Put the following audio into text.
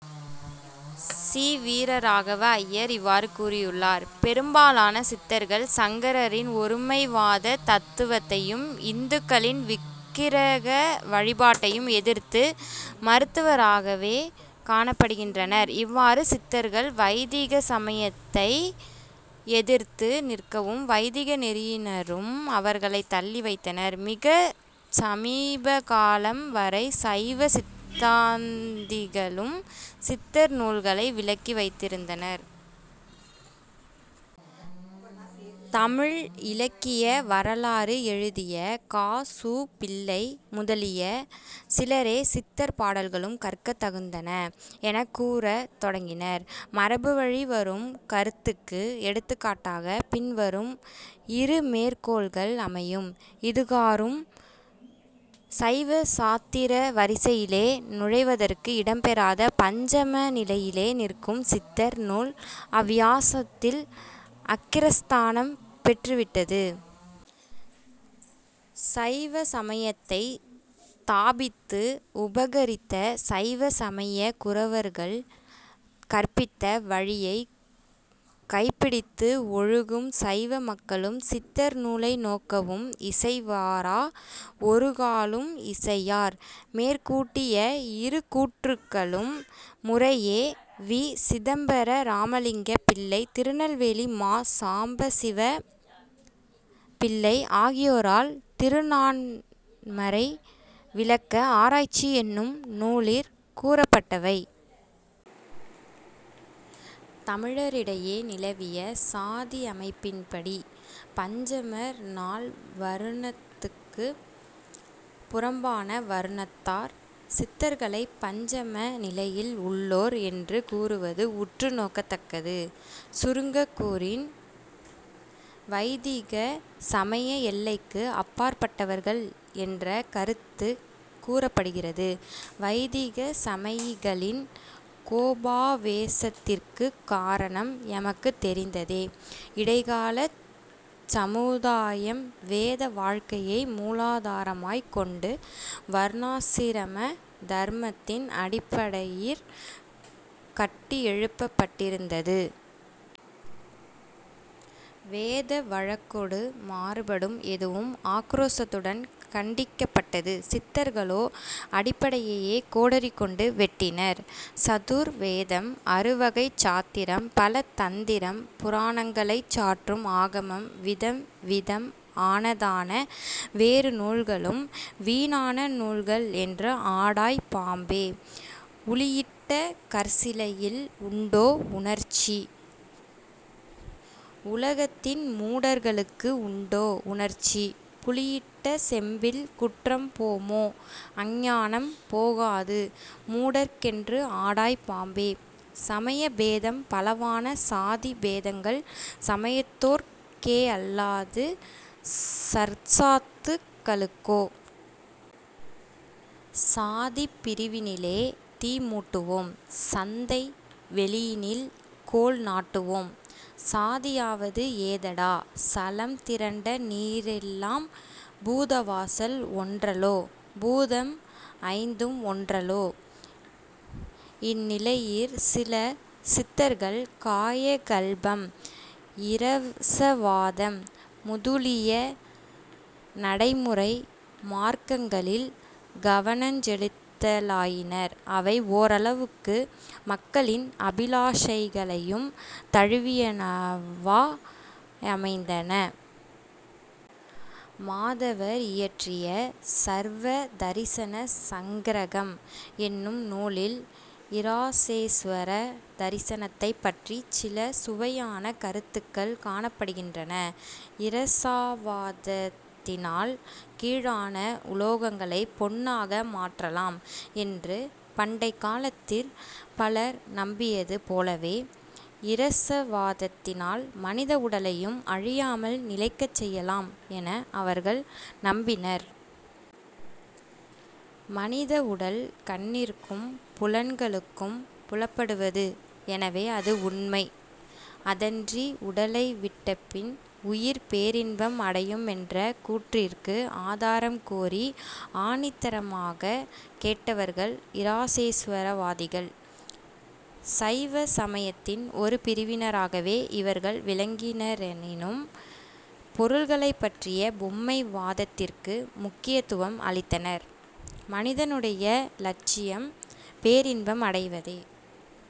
C. Veeraraghava Iyer இவ்வாறு கூறியுள்ளார்: "பெரும்பாலான சித்தர்கள் சங்கரரின் ஒருமைவாதத் தத்துவத்தையும் இந்துக்களின் விக்கிரக வழிபாட்டையும் எதிர்த்து மறுத்தவராகவே காணப்படுகின்றனர். " இவ்வாறு சித்தர்கள் வைதிக சமயத்தை எதிர்த்து நிற்கவும், வைதிக நெறியினரும் அவர்களைத் தள்ளி வைத்தனர். மிகச் சமீபகாலம் வரை சைவ சித்தாந்திகளும் சித்தர் நூல்களை விலக்கி வைத்திருந்தனர். தமிழ் இலக்கிய வரலாறு எழுதிய கா. சு. பிள்ளை முதலிய சிலரே சித்தர் பாடல்களும் கற்கத் தகுந்தன எனக் கூறுத் தொடங்கினர். மரபு வழி வரும் கருத்துக்கு எடுத்துக்காட்டாகப் பின்வரும் இரு மேற்கோள்கள் அமையும். "இதுகாறும் சைவ சாத்திர வரிசையிலே நுழைவதற்கு இடம் பெறாத பஞ்சம நிலையிலே நிற்கும் சித்தர் நூல் அவ்வியாசத்தில் அக்கிரஸ்தானம் பெற்றுவிட்டது. "சைவ சமயத்தைத் தாபித்து உபகரித்த சைவ சமய குரவர்கள் கற்பித்த வழியைக் கைப்பிடித்து ஒழுகும் சைவ மக்களும் சித்தர் நூலை நோக்கவும் இசைவாரா? ஒருகாலும் இசையார். " மேற்கூட்டிய இரு கூற்றுக்களும் முறையே வி. சிதம்பர ராமலிங்கம் பிள்ளை, திருநெல்வேலி மா. சாம்பசிவ பிள்ளை ஆகியோரால் திருநான்மறை விளக்க ஆராய்ச்சி என்னும் நூலிற் கூறப்பட்டவை. தமிழரிடையே நிலவிய சாதியமைப்பின்படி, பஞ்சமர் நால் வருணத்துக்குப் புறம்பான வருணத்தார்; சித்தர்களைப் பஞ்சம நிலையில் உள்ளோர் என்று கூறுவது உற்று நோக்கத்தக்கது. சுருங்கக் கூறின், வைதிக சமய எல்லைக்கு அப்பாற்பட்டவர்கள் என்ற கருத்துக் கூறப்படுகிறது. வைதிக சமயிகளின் கோபாவேசத்திற்குக் காரணம் எமக்குத் தெரிந்ததே. இடைக்காலச் சமுதாயம் வேத வாழ்க்கையை மூலாதாரமாய்க் கொண்டு வருணாசிரம தருமத்தின் அடிப்படையிற் கட்டியெழுப்பப்பட்டிருந்தது. வேத வழக்கொடு மாறுபடும் எதுவும் ஆக்குரோசத்துடன்கண்டிக்கப்பட்டது. சித்தர்களோ அடிப்படையையே கோடரி கொண்டு வெட்டினர். "சதுர் வேதம் அறுவகைச் சாத்திரம் பல தந்திரம் புராணங்களைச் சாற்றும் ஆகமம் விதம் விதம் ஆனதான வேறு நூல்களும் வீணான நூல்கள் என்று ஆடாய் பாம்பே! " 'உளியிட்ட கற்சிலையில் உண்டோ உணர்ச்சி உலகத்தின் மூடர்களுக்கு உண்டோ உணர்ச்சி புளியிட்ட செம்பில் குற்றம் போமோ அஞ்ஞானம் போகாது மூடர்க்கென்று ஆடாய் பாம்பே" "சமய பேதம் பலவான சாதி பேதங்கள் சமயத்தோர்க் கேயல்லாது சற்சாதுக் களுக்கோ? " "சாதிப் பிரிவினிலே தீமூட்டுவோம் சந்தை வௌியினில் கோல் நாட்டுவோம்" "சாதியாவது ஏதடா? சலம் திரண்ட நீரெல்லாம் பூத வாசல் ஒன்றலோ? பூதம் ஐந்தும் ஒன்றலோ? " இந்நிலையிற் சில சித்தர்கள் காயகல்பம், இரசவாதம், முதுலிய நடைமுறை மார்க்கங்களில் கவனஞ் செலுத்தலாயினர். அவை ஓரளவுக்கு மக்களின் அபிலாஷைகளையும் தழுவியனவா யமைந்தன. மாதவர் இயற்றிய 'சர்வ தரிசன சங்கிரகம்' என்னும் நூலில் இராசேசுவர தரிசனத்தைப் பற்றிச் சில சுவையான கருத்துக்கள் காணப்படுகின்றன. இரசாவாதத்தினால் கீழான உலோகங்களைப் பொன்னாக மாற்றலாம் என்று பண்டைக் காலத்திற் பலர் நம்பியது போலவே இரசவாதத்தினால் மனித உடலையும் அழியாமல் நிலைக்கச் செய்யலாம் என அவர்கள் நம்பினர். மனித உடல் கண்ணிற்கும், புலன்களுக்கும் புலப்படுவது; எனவே அது உண்மை. அதன்றி, உடலை விட்டபின் உயிர் பேரின்பம் அடையுமென்ற கூற்றிற்கு ஆதாரம் கோரி ஆணித்திரமாகக் கேட்டவர்கள் இராசேசுவரவாதிகள்; சைவ சமயத்தின் ஒரு பிரிவினராகவே இவர்கள் விளங்கினரெனினும் பொருள்களைப் பற்றிய மெய்ம்மை வாதத்திற்கு முக்கியத்துவம் அளித்தனர். "மனிதனுடைய இலட்சியம் பேரின்பம் அடைவதே.